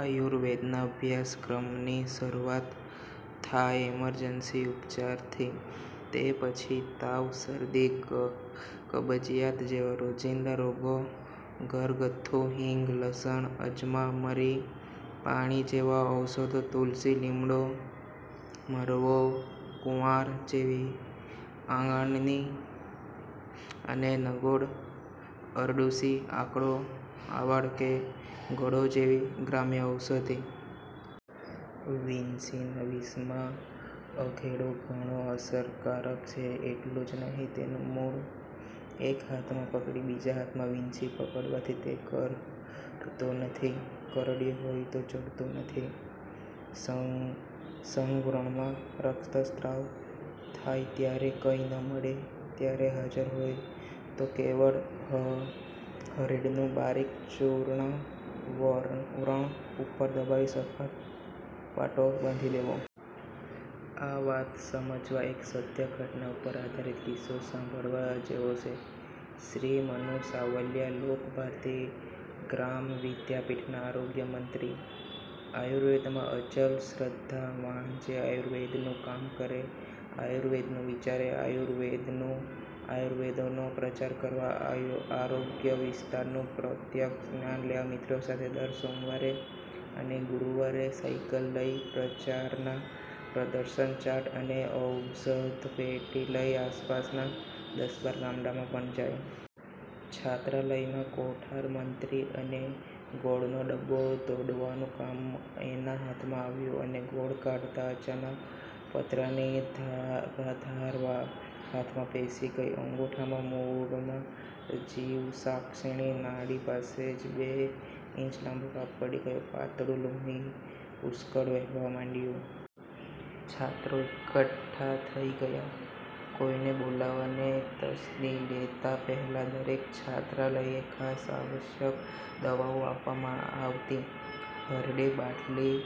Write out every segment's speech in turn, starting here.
આયુર્વેદ ના અભ્યાસક્રમની શરૂઆત થાય ઇમર્જન્સી ઉપચારથી, તે પછી તાવ, શરદી, કબજિયાત જેવા રોજિંદા રોગો ઘરગથ્થુ હિંગ, લસણ, અજમા, મરી, પાણી જેવાં ઔષધો તુલસી, લીમડો, મરવો, કુંવાર જેવી આંગાણાની અને નગોડ, અરડૂસી, આકડો, આવળ કે ગળો જેવી ગ્રામ્ય ઔષધિ. વીંછીના વિષમાં અધેડો ઘણો અસરકારક છે એટલું જ નહીં, તેનું મૂળ એક હાથમાં પકડી બીજા હાથમાં વીંછી પકડવાથી તે કરડતો નથી કે કરડ્યો હોય તો ચડતો નથી! સંઘ સઘવ્રણમાં રક્તસ્રાવ થાય ત્યારે કંઈ ન મળે ત્યારે હાજર હોય તો કેવળ હ હરડેનું બારીક ચૂર્ણ વ્રણ ઉપર દબાવી સખત પાટો બાંધી દેવો. આ વાત સમજવા એક સત્ય ઘટના ઉપર આધારિત કિસ્સો સાંભળવા જેવો છે. શ્રી મનુ સાવલિયા લોકભારતી ગ્રામવિદ્યાપીઠના આરોગ્યમંત્રી. આયુર્વેદમાં અચલ શ્રદ્ધા; વાંચે આયુર્વેદનું, કામ કરે આયુર્વેદનું, વિચારે આયુર્વેદનું. આયુર્વેદનો પ્રચાર કરવા આરોગ્ય વિસ્તારનું પ્રત્યક્ષ જ્ઞાન લેવા મિત્રો સાથે દર સોમવાર અને ગુરુવારે સાઈકલ લઈ પ્રચારના પ્રદર્શનચાર્ટ્સ અને ઔષધપેટી લઈ આસપાસનાં દસ-બાર ગામડાંમાં પણ જાય. છાત્રાલયમાં કોઠારમંત્રી અને ગોળનો ડબ્બો તોડવાનું કામ એના હાથમાં આવ્યું અને ગોળ કાઢતાં અચાનક પતરાની ઘાર ધાર વા હાથમાં પેસી ગઈ. અંગૂઠાના મૂળમાં જીવસાક્ષિણી નાડી પાસે જ બે ઈંચ લાંબો કાપો પડી ગયો. પાતળું લોહી પુષ્કળ વહેવા માંડ્યું. છાત્રો એકઠા થઈ ગયા. કોઈને બોલાવવાની તસ્દી લેતાં પહેલાં, દરેક છાત્રાલયે ખાસ આવશ્યક દવાઓ આપવામાં આવતી હરડે બાટલી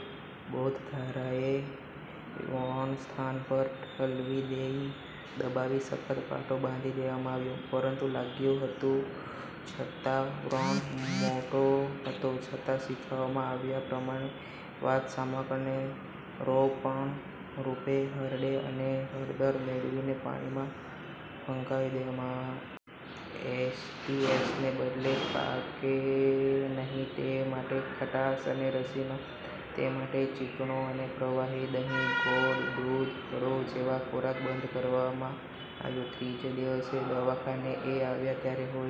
બોધરાએ વણસ્થાન પર ઠલવી દઈ, દબાવી સખત પાટો બાંધી દેવામાં આવ્યો. પતરું લાગ્યું હતું છતાં, વ્રણ મોટો હતો છતાં, શીખવવામાં આવ્યા પ્રમાણે વાતશામક અને રોપણરૂપે હરડે અને હળદર મેળવીને પાણીમાં ફકાવી દેવામાં એસ. ટી. એસ. ને બદલે પાકે નહીં તે માટે ખટાશ અને રસી નો તે માટે ચીકણો અને પ્રવાહી.. દહીં, ગોળ, દૂધ, ફળો જેવો ખોરાક બંધ કરવામાં આવ્યો. ત્રીજે દિવસે દવાખાને એ આવ્યા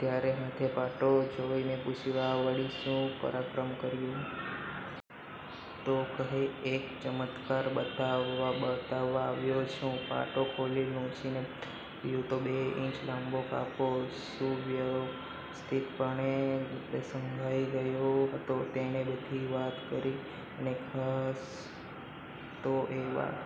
ત્યારે હાથે પાટો જોઈ મેં પૂછ્યું: આ વળી શું પરાક્રમ કર્યું? તો કહે એક ચમત્કાર બતાવ બતાવવા આવ્યો છું. પાટો ખોલી, લૂછીને બતાવ્યું તો બે ઈંચનો લાંબો કાપો સુવ્યવસ્થિતપણે સંધાઈ ગયો હતો! તેણે બધી વાત કરી અને ખાસ તો એ વાત